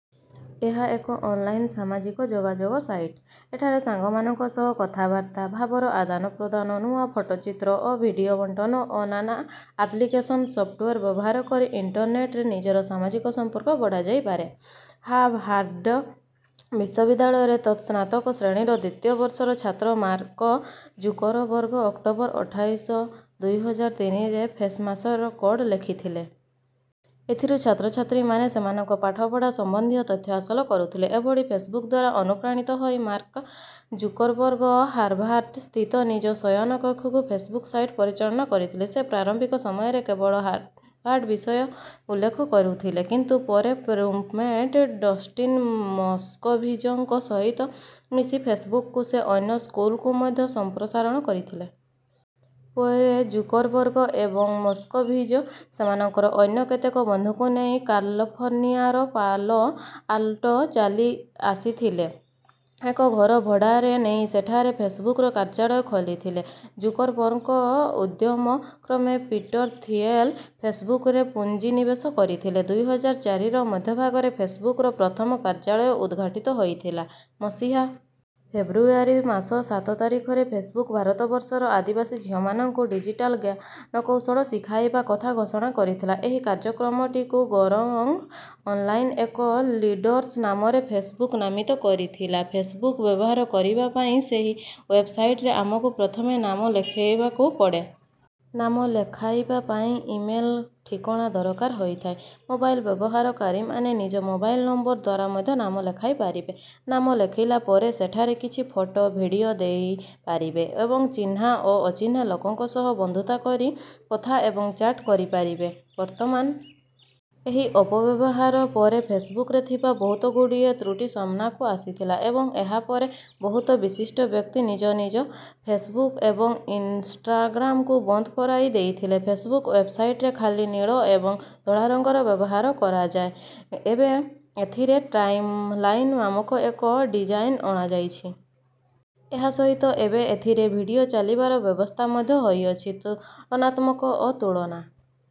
ଏହା ଏକ ଅନ୍‌ଲାଇନ୍ ସାମାଜିକ ଯୋଗାଯୋଗ ସାଇଟ୍। ଏଠାରେ ସାଙ୍ଗମାନଙ୍କ ସହ କଥାବାର୍ତ୍ତା, ଭାବର ଆଦାନପ୍ରଦାନ, ନୂଆ ଫଟୋଚିତ୍ର ଓ ଭିଡିଓ ବଣ୍ଟନ ଓ ନାନା ଆପ୍ଲିକେସନ୍ ସଫ୍ଟୱେର୍ ବ୍ୟବହାର କରି ଇଣ୍ଟରନେଟ୍‌ରେ ନିଜର ସାମାଜିକ ସମ୍ପର୍କ ବଢ଼ାଯାଇପାରେ। ହାର୍ଭାର୍ଡ ବିଶ୍ୱବିଦ୍ୟାଳୟରେ ତଳ-ସ୍ନାତକ ଶ୍ରେଣୀର ଦ୍ୱିତୀୟ ବର୍ଷର ଛାତ୍ର ମାର୍କ ଜୁକରବର୍ଗ ଅକ୍ଟୋବର ଅଠାଇଶ, ଦୁଇ ହଜାର ତିନିରେ ଫେସ୍‌ମାସ୍‌ର କୋଡ୍ ଲେଖିଥିଲେ। ଏଥିରୁ ଛାତ୍ରଛାତ୍ରୀମାନେ ସେମାନଙ୍କ ପାଠପଢ଼ା ସମ୍ବନ୍ଧୀୟ ତଥ୍ୟ ହାସଲ କରୁଥିଲେ। ଏଭଳି ଫେସ୍‌ବୁକ୍ ଦ୍ୱାରା ଅନୁପ୍ରାଣିତ ହୋଇ ମାର୍କ ଜୁକରବର୍ଗ ହାର୍ଭାର୍ଡ ସ୍ଥିତ ନିଜ ଶୟନ କକ୍ଷରୁ ଫେସ୍‌ବୁକ୍ ସାଇଟ୍ ପରିଚାଳନା କରିଥିଲେ। ସେ ପ୍ରାରମ୍ଭିକ ସମୟରେ କେବଳ ହାର୍ଭାର୍ଡ ବିଷୟ ଉଲ୍ଲେଖ କରୁଥିଲେ। କିନ୍ତୁ ପରେ ରୁମ୍‌ମେଟ୍ ଡଷ୍ଟିନ୍ ମୋସ୍କୋଭିଜ୍‌ଙ୍କ ସହିତ ମିଶି ଫେସ୍‌ବୁକ୍‌କୁ ସେ ଅନ୍ୟ ସ୍କୁଲ୍‌କୁ ମଧ୍ୟ ସମ୍ପ୍ରସାରଣ କରିଥିଲେ। ପରେ ଜୁକରବର୍ଗ ଏବଂ ମୋସ୍କୋଭିଜ୍ ସେମାନଙ୍କର ଅନ୍ୟ କେତେକ ବନ୍ଧୁଙ୍କୁ ନେଇ କାଲିଫର୍ଣ୍ଣିଆର ପାଲୋ ଆଲ୍ଟୋ ଚାଲିଆସିଥିଲେ। ଏକ ଘର ଭଡ଼ାରେ ନେଇ ସେଠାରେ ଫେସ୍‌ବୁକ୍‌ର କାର୍ଯ୍ୟାଳୟ ଖୋଲିଥିଲେ। ଜୁକରବର୍ଗଙ୍କ ଉଦ୍ୟମ କ୍ରମେ ପିଟର ଥିଏଲ୍ ଫେସ୍‌ବୁକ୍‌ରେ ପୁଞ୍ଜି ନିବେଶ କରିଥିଲେ। ଦୁଇ ହଜାର ଚାରିର ମଧ୍ୟଭାଗରେ ଫେସ୍‌ବୁକ୍‌ର ପ୍ରଥମ କାର୍ଯ୍ୟାଳୟ ଉଦ୍‌ଘାଟିତ ହୋଇଥିଲା। ମସିହା ଫେବ୍ରୁଆରୀ ମାସ ସାତ ତାରିଖରେ ଫେସ୍‌ବୁକ୍, ଭାରତବର୍ଷର ଆଦିବାସୀ ଝିଅମାନଙ୍କୁ ଡିଜିଟାଲ୍ ଜ୍ଞାନକୌଶଳ ଶିଖାଇବା କଥା ଘୋଷଣା କରିଥିଲା। ଏହି କାର୍ଯ୍ୟକ୍ରମଟିକୁ "ଗୋରଙ୍ଗ୍ ଅନ୍‌ଲାଇନ୍ ଏଜ୍ ଲିଡର୍ସ" ନାମରେ ଫେସ୍‌ବୁକ୍ ନାମିତ କରିଥିଲା। ଫେସ୍‌ବୁକ୍ ବ୍ୟବହାର କରିବା ପାଇଁ ସେହି ୱେବ୍‌ସାଇଟ୍‌ରେ ଆମକୁ ପ୍ରଥମେ ନାମ ଲେଖାଇବାକୁ ପଡ଼େ। ନାମ ଲେଖାଇବା ପାଇଁ ଇମେଲ୍ ଠିକଣା ଦରକାର ହୋଇଥାଏ। ମୋବାଇଲ୍ ବ୍ୟବହାରକାରୀମାନେ ନିଜ ମୋବାଇଲ୍ ନମ୍ବର ଦ୍ୱାରା ମଧ୍ୟ ନାମ ଲେଖାଇ ପାରିବେ। ନାମ ଲେଖିଲା ପରେ ସେଠାରେ କିଛି ଫଟୋ, ଭିଡିଓ ଦେଇପାରିବେ ଏବଂ ଚିହ୍ନା ଓ ଅଚିହ୍ନା ଲୋକଙ୍କ ସହ ବନ୍ଧୁତା କରି କଥା ଏବଂ ଚାଟ୍ କରିପାରିବେ। ବର୍ତ୍ତମାନ ଏହି ଅପବ୍ୟବହାର ପରେ ଫେସ୍‌ବୁକ୍‌ରେ ଥିବା ବହୁତଗୁଡ଼ିଏ ତ୍ରୁଟି ସାମ୍ନାକୁ ଆସିଥିଲା। ଏବଂ ଏହାପରେ ବହୁତ ବିଶିଷ୍ଟ ବ୍ୟକ୍ତି ନିଜ ନିଜ ଫେସ୍‌ବୁକ୍ ଏବଂ ଇନ୍‌ଷ୍ଟାଗ୍ରାମ୍‌କୁ ବନ୍ଦ କରାଇ ଦେଇଥିଲେ। ଫେସ୍‌ବୁକ୍ ୱେବ୍‌ସାଇଟ୍‌ରେ ଖାଲି ନୀଳ ଏବଂ ଧଳା ରଙ୍ଗର ବ୍ୟବହାର କରାଯାଏ। ଏବେ ଏଥିରେ 'ଟାଇମ୍‌ଲାଇନ୍' ନାମକ ଏକ ଡିଜାଇନ୍ ଅଣାଯାଇଛି। ଏହା ସହିତ ଏବେ ଏଥିରେ ଭିଡିଓ ଚାଲିବାର ବ୍ୟବସ୍ଥା ମଧ୍ୟ ହୋଇଅଛି। ତୁଳନାତ୍ମକ ଓ ତୁଳନା।